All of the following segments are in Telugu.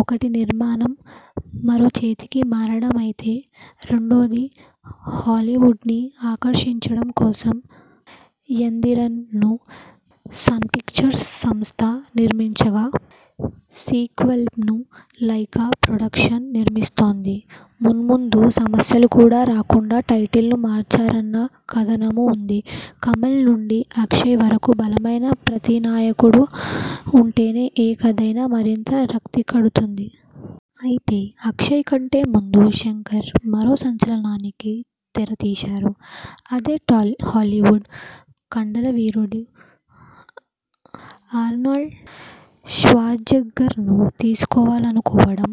ఒకటి నిర్మాణం మరో చేతికి మారడమైతే, రెండోది హాలీవుడ్నీ ఆకర్షించడం కోసం. 'యందిరన్'ను సన్పిక్చర్స్ సంస్థ నిర్మించగా, సీక్వెల్ను లైకా ప్రొడక్షన్స్ నిర్మిస్తోంది. మున్ముందు సమస్యలు కూడా రాకుండా టైటిల్ను మార్చారన్న కథనమూ ఉంది. కమల్ నుండి అక్షయ్ వరకు బలమైన ప్రతినాయకుడు ఉంటేనే ఏ కథయినా మరింత రక్తికడుతుంది. అయితే అక్షయ్ కంటే ముందు శంకర్ మరో సంచలనానికి తెరతీశారు. అదే హాలీవుడ్ కండలవీరుడు ఆర్నాల్డ్ ష్వార్జ్నెగ్గర్ను తీసుకోవాలనుకోవడం.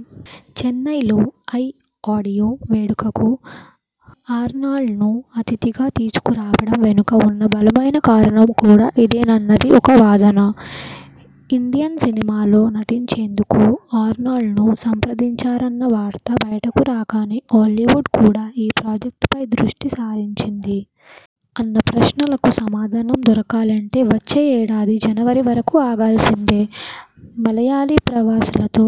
చెన్నైలో 'ఐ' ఆడియో వేడుకకు ఆర్నాల్డ్ను అతిథిగా తీసుకురావడం వెనుక ఉన్న బలమైన కారణం కూడా ఇదేనన్నది ఒక వాదన. ఇండియన్ సినిమాలో నటించేందుకు ఆర్నాల్డ్ను సంప్రదించారన్న వార్త బయటకురాగానే హాలీవుడ్ కూడా ఈ ప్రాజెక్టుపై దృష్టి సారించింది. అన్న ప్రశ్నలకు సమాధానం దొరకాలంటే వచ్చే ఏడాది జనవరి వరకూ ఆగాల్సిందే. మలయాళీ ప్రవాసులతో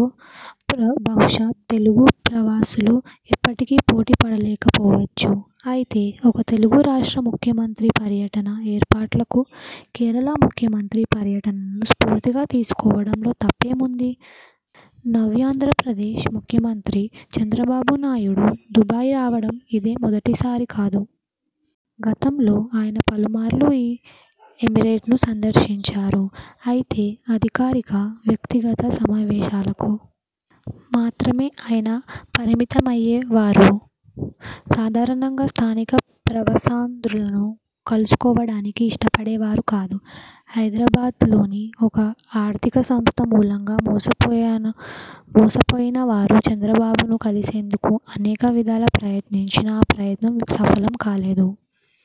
బహుశా తెలుగు ప్రవాసులు ఎప్పటికీ పోటీపడలేకపోవచ్చు. అయితే ఒక తెలుగురాష్ట్ర ముఖ్యమంత్రి పర్యటన ఏర్పాట్లకు కేరళ ముఖ్యమంత్రి పర్యటనను స్ఫూర్తిగా తీసుకోవడంలో తప్పేముంది? నవ్యాంధ్రప్రదేశ్ ముఖ్యమంత్రి చంద్రబాబు నాయుడు దుబాయి రావడం ఇదే మొదటిసారి కాదు. గతంలో ఆయన పలుమార్లు ఈ ఎమిరేట్ను సందర్శించారు. అయితే అధికారిక, వ్యక్తిగత సమావేశాలకు మాత్రమే ఆయన పరిమితమమ్యే వారు. సాధారణంగా స్థానిక ప్రవాసాంధ్రులను కలుసుకోవడానికి ఇష్టపడేవారు కాదు. హైదరాబాద్లోని ఒక ఆర్థిక సంస్థ మూలంగా మోసపోయినవారు చంద్రబాబును కలిసేందుకు అనేక విధాల ప్రయత్నించినా ఆ ప్రయత్నం సఫలం కాలేదు.